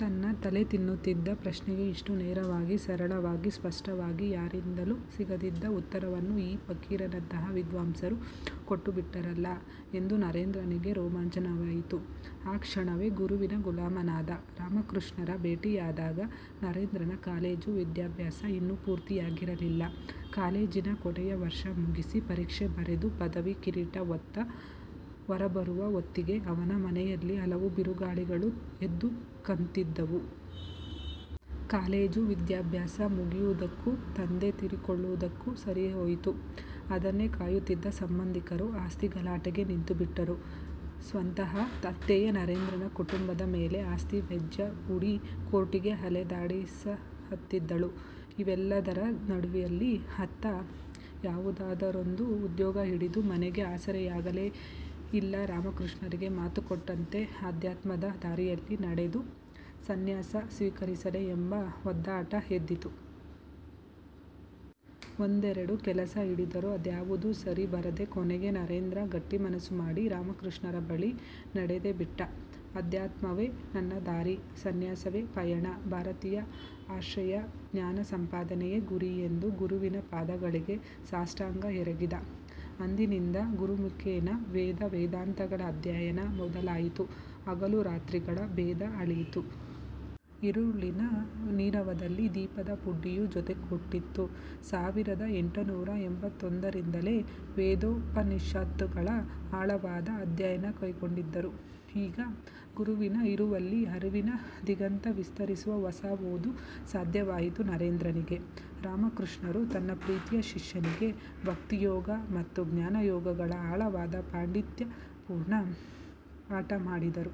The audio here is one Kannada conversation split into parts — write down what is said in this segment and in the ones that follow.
ತನ್ನ ತಲೆತಿನ್ನುತ್ತಿದ್ದ ಪ್ರಶ್ನೆಗೆ ಇಷ್ಟು ನೇರವಾಗಿ ಸರಳವಾಗಿ ಸ್ಪಷ್ಟವಾಗಿ ಯಾರಿಂದಲೂ ಸಿಗದಿದ್ದ ಉತ್ತರವನ್ನು ಈ ಫಕೀರನಂಥ ವಿದ್ವಾಂಸರು ಕೊಟ್ಟುಬಿಟ್ಟರಲ್ಲ ಎಂದು ನರೇಂದ್ರನಿಗೆ ರೋಮಾಂಚನವಾಯಿತು. ಆ ಕ್ಷಣವೇ ಗುರುವಿನ ಗುಲಾಮನಾದ. ರಾಮಕೃಷ್ಣರ ಭೇಟಿಯಾದಾಗ ನರೇಂದ್ರನ ಕಾಲೇಜು ವಿದ್ಯಾಭ್ಯಾಸ ಇನ್ನೂ ಪೂರ್ತಿಯಾಗಿರಲಿಲ್ಲ. ಕಾಲೇಜಿನ ಕೊನೆಯ ವರ್ಷ ಮುಗಿಸಿ ಪರೀಕ್ಷೆ ಬರೆದು ಪದವಿಯ ಕಿರೀಟ ಹೊತ್ತು ಹೊರಬರುವ ಹೊತ್ತಿಗೆ ಅವನ ಮನೆಯಲ್ಲಿ ಹಲವು ಬಿರುಗಾಳಿಗಳು ಎದ್ದು ಕಂತಿದ್ದವು. ಕಾಲೇಜು ವಿದ್ಯಾಭ್ಯಾಸ ಮುಗಿಯುವುದಕ್ಕೂ ತಂದೆ ತೀರಿಕೊಳ್ಳುವುದಕ್ಕೂ ಸರಿಹೋಯಿತು. ಅದನ್ನೇ ಕಾಯುತ್ತಿದ್ದ ಸಂಬಂಧಿಕರು ಆಸ್ತಿಗಲಾಟೆಗೆ ನಿಂತುಬಿಟ್ಟರು. ಸ್ವತಃ ಅತ್ತೆಯೇ ನರೇಂದ್ರನ ಕುಟುಂಬದ ಮೇಲೆ ಆಸ್ತಿವ್ಯಾಜ್ಯ ಹೂಡಿ ಕೋರ್ಟಿಗೆ ಅಲೆದಾಡಿಸಹತ್ತಿದಳು. ಇವೆಲ್ಲದರ ನಡುವಲ್ಲಿ ಅತ್ತ ಯಾವುದಾದರೊಂದು ಉದ್ಯೋಗ ಹಿಡಿದು ಮನೆಗೆ ಆಸರೆಯಾಗಲೇ ಇಲ್ಲಾ ರಾಮಕೃಷ್ಣರಿಗೆ ಮಾತುಕೊಟ್ಟಂತೆ ಅಧ್ಯಾತ್ಮದ ದಾರಿಯಲ್ಲಿ ನಡೆದು ಸಂನ್ಯಾಸ ಸ್ವೀಕರಿಸಲೇ ಎಂಬ ಹೊಯ್ದಾಟ ಎದ್ದಿತು. ಒಂದೆರಡು ಕೆಲಸ ಹಿಡಿದರೂ ಅದ್ಯಾವುದೂ ಸರಿಬರದೆ ಕೊನೆಗೆ ನರೇಂದ್ರ ಗಟ್ಟಿಮನಸ್ಸು ಮಾಡಿ ರಾಮಕೃಷ್ಣರ ಬಳಿ ನಡೆದೇಬಿಟ್ಟ. ಅಧ್ಯಾತ್ಮವೇ ನನ್ನ ದಾರಿ, ಸಂನ್ಯಾಸವೇ ಪಯಣ, ಭಾರತೀಯ ಆರ್ಷೇಯ ಜ್ಞಾನಸಂಪಾದನೆಯೇ ಗುರಿ ಎಂದು ಗುರುವಿನ ಪಾದಗಳಿಗೆ ಸಾಷ್ಟಾಂಗ ಎರಗಿದ. ಅಂದಿನಿಂದ ಗುರುಮುಖೇನ ವೇದ-ವೇದಾಂತಗಳ ಅಧ್ಯಯನ ಮೊದಲಾಯಿತು. ಹಗಲುರಾತ್ರಿಗಳ ಭೇದ ಅಳಿಯಿತು. ಇರುಳಿನ ನೀರವದಲ್ಲಿ ದೀಪದ ಬುಡ್ಡಿಯು ಜೊತೆ ಕೊಟ್ಟಿತು. ಸಾವಿರದ ಎಂಟುನೂರ ಎಂಬತ್ತೊಂದರಿಂದಲೇ ವೇದೋಪನಿಷತ್ತುಗಳ ಆಳವಾದ ಅಧ್ಯಯನ ಕೈಗೊಂಡಿದ್ದರೂ ಈಗ ಗುರುವಿನ ಇರವಲ್ಲಿ ಅರಿವಿನ ದಿಗಂತ ವಿಸ್ತರಿಸುವ ಹೊಸ ಓದು ಸಾಧ್ಯವಾಯಿತು ನರೇಂದ್ರನಿಗೆ. ರಾಮಕೃಷ್ಣರು ತನ್ನ ಪ್ರೀತಿಯ ಶಿಷ್ಯನಿಗೆ ಭಕ್ತಿಯೋಗ ಮತ್ತು ಜ್ಞಾನಯೋಗಗಳ ಆಳವಾದ ಪಾಂಡಿತ್ಯಪೂರ್ಣ ಪಾಠ ಮಾಡಿದರು.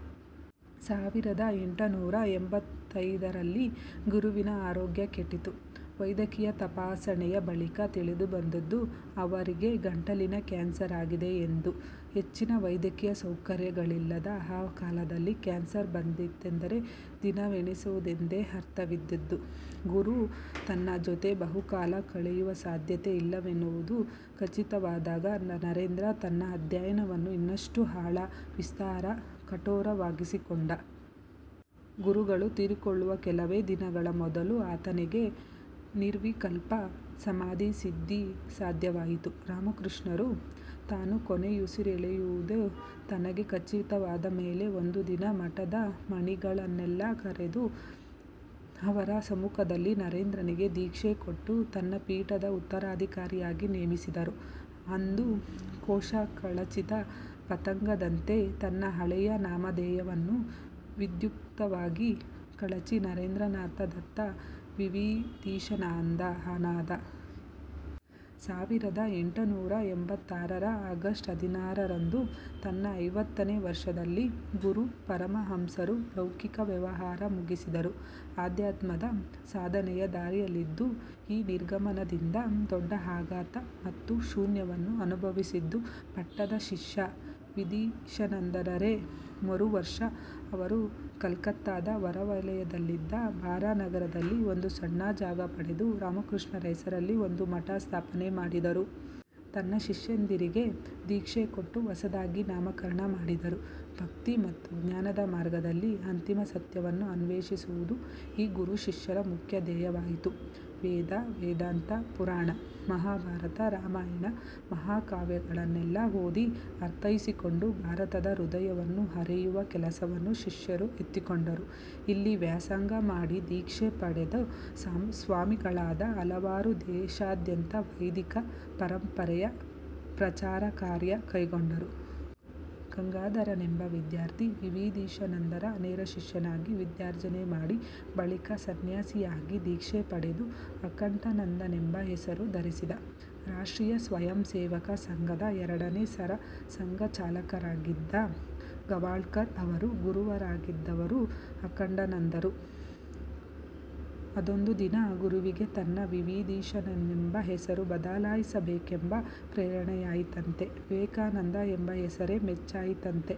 ಸಾವಿರದ ಎಂಟುನೂರ ಎಂಬತ್ತೈದರಲ್ಲಿ ಗುರುವಿನ ಆರೋಗ್ಯ ಕೆಟ್ಟಿತು. ವೈದ್ಯಕೀಯ ತಪಾಸಣೆಯ ಬಳಿಕ ತಿಳಿದುಬಂದದ್ದು ಅವರಿಗೆ ಗಂಟಲಿನ ಕ್ಯಾನ್ಸರ್ ಆಗಿದೆ ಎಂದು. ಹೆಚ್ಚಿನ ವೈದ್ಯಕೀಯ ಸೌಕರ್ಯಗಳಿಲ್ಲದ ಆ ಕಾಲದಲ್ಲಿ ಕ್ಯಾನ್ಸರ್ ಬಂತೆಂದರೆ ದಿನವೆಣಿಸುವುದೆಂದೇ ಅರ್ಥವಿದ್ದದ್ದು. ಗುರು ತನ್ನ ಜೊತೆ ಬಹುಕಾಲ ಕಳೆಯುವ ಸಾಧ್ಯತೆ ಇಲ್ಲವೆನ್ನುವುದು ಖಚಿತವಾದಾಗ ನರೇಂದ್ರ ತನ್ನ ಅಧ್ಯಯನವನ್ನು ಇನ್ನಷ್ಟು ಆಳ, ವಿಸ್ತಾರ, ಕಠೋರವಾಗಿಸಿಕೊಂಡ. ಗುರುಗಳು ತೀರಿಕೊಳ್ಳುವ ಕೆಲವೇ ದಿನಗಳ ಮೊದಲು ಆತನಿಗೆ ನಿರ್ವಿಕಲ್ಪ ಸಮಾಧಿ ಸಿದ್ಧಿ ಸಾಧ್ಯವಾಯಿತು. ರಾಮಕೃಷ್ಣರು ತಾನು ಕೊನೆಯುಸಿರೆಳೆಯುವುದು ತನಗೇ ಖಚಿತವಾದ ಮೇಲೆ ಒಂದುದಿನ ಮಠದ ಮಾಣಿಗಳನ್ನೆಲ್ಲ ಕರೆದು, ಅವರ ಸಮ್ಮುಖದಲ್ಲಿ ನರೇಂದ್ರನಿಗೆ ದೀಕ್ಷೆ ಕೊಟ್ಟು ತನ್ನ ಪೀಠದ ಉತ್ತರಾಧಿಕಾರಿಯಾಗಿ ನೇಮಿಸಿದರು. ಅಂದು ಕೋಶ ಕಳಚಿದ ಪತಂಗದಂತೆ, ತನ್ನ ಹಳೆಯ ನಾಮಧೇಯವನ್ನು ವಿದ್ಯುಕ್ತವಾಗಿ ಕಳಚಿ ನರೇಂದ್ರನಾಥ ದತ್ತ "ವಿವಿಧೀಶಾನಂದ"ನಾದ. ಸಾವಿರದ ಎಂಟುನೂರ ಎಂಬತ್ತಾರರ ಆಗಸ್ಟ್ ಹದಿನಾರರಂದು, ತನ್ನ ಐವತ್ತನೇ ವರ್ಷದಲ್ಲಿ ಗುರು ಪರಮಹಂಸರು ಲೌಕಿಕ ವ್ಯವಹಾರ ಮುಗಿಸಿದರು. ಅಧ್ಯಾತ್ಮದ ಸಾಧನೆಯ ದಾರಿಯಲ್ಲಿದ್ದೂ ಈ ನಿರ್ಗಮನದಿಂದ ದೊಡ್ಡ ಆಘಾತ ಮತ್ತು ಶೂನ್ಯವನ್ನು ಅನುಭವಿಸಿದ್ದು ಪಟ್ಟದ ಶಿಷ್ಯ ವಿವಿಧೀಶಾನಂದರೇ. ಮರುವರ್ಷ ಇವರು ಕೋಲ್ಕತ್ತದ ಹೊರವಲಯದಲ್ಲಿದ್ದ ಬಾರಾನಗರದಲ್ಲಿ ಒಂದು ಸಣ್ಣ ಜಾಗ ಪಡೆದು ರಾಮಕೃಷ್ಣರ ಹೆಸರಲ್ಲಿ ಒಂದು ಮಠದ ಸ್ಥಾಪನೆ ಮಾಡಿದರು. ತನ್ನ ಶಿಷ್ಯಂದಿರಿಗೆ ದೀಕ್ಷೆ ಕೊಟ್ಟು ಹೊಸದಾಗಿ ನಾಮಕರಣ ಮಾಡಿದರು. ಭಕ್ತಿ ಮತ್ತು ಜ್ಞಾನದ ಮಾರ್ಗದಲ್ಲಿ ಅಂತಿಮಸತ್ಯವನ್ನು ಅನ್ವೇಷಿಸುವುದು ಈ ಗುರುಶಿಷ್ಯರ ಮುಖ್ಯ ಧ್ಯೇಯವಾಯಿತು. ವೇದ-ವೇದಾಂತ-ಪುರಾಣ, ಮಹಾಭಾರತ ರಾಮಾಯಣ ಮಹಾಕಾವ್ಯಗಳನ್ನೆಲ್ಲ ಓದಿ ಅರ್ಥೈಸಿಕೊಂಡು ಭಾರತದ ಹೃದಯವನ್ನು ಅರಿಯುವ ಕೆಲಸವನ್ನು ಶಿಷ್ಯರು ಎತ್ತಿಕೊಂಡರು. ಇಲ್ಲಿ ವ್ಯಾಸಂಗ ಮಾಡಿ ದೀಕ್ಷೆ ಪಡೆದು ಸ್ವಾಮಿಗಳಾದ ಹಲವರು ದೇಶಾದ್ಯಂತ ವೈದಿಕ ಪರಂಪರೆಯ ಪ್ರಚಾರಕಾರ್ಯ ಕೈಗೊಂಡರು. ಗಂಗಾಧರನೆಂಬ ವಿದ್ಯಾರ್ಥಿ ವಿವಿಧೀಶಾನಂದರ ನೇರಶಿಷ್ಯನಾಗಿ ವಿದ್ಯಾರ್ಜನೆ ಮಾಡಿ ಬಳಿಕ ಸಂನ್ಯಾಸಿಯಾಗಿ ದೀಕ್ಷೆ ಪಡೆದು ಅಖಂಡಾನಂದನೆಂಬ ಹೆಸರು ಧರಿಸಿದ. ರಾಷ್ಟ್ರೀಯ ಸ್ವಯಂಸೇವಕ ಸಂಘದ ಎರಡನೆ ಸರಸಂಘಚಾಲಕರಾಗಿದ್ದ ಗೋವಾಳ್ಕರ್ ಅವರ ಗುರುವಾಗಿದ್ದವರು ಅಖಂಡಾನಂದರು. ಅದೊಂದು ದಿನ ಗುರುವಿಗೆ ತನ್ನ ವಿವಿಧೀಶಾನಂದನೆಂಬ ಹೆಸರನ್ನು ಬದಲಿಸಬೇಕೆಂಬ ಪ್ರೇರಣೆಯಾಯಿತಂತೆ. ವಿವೇಕಾನಂದ ಎಂಬ ಹೆಸರೇ ಮೆಚ್ಚಾಯಿತಂತೆ.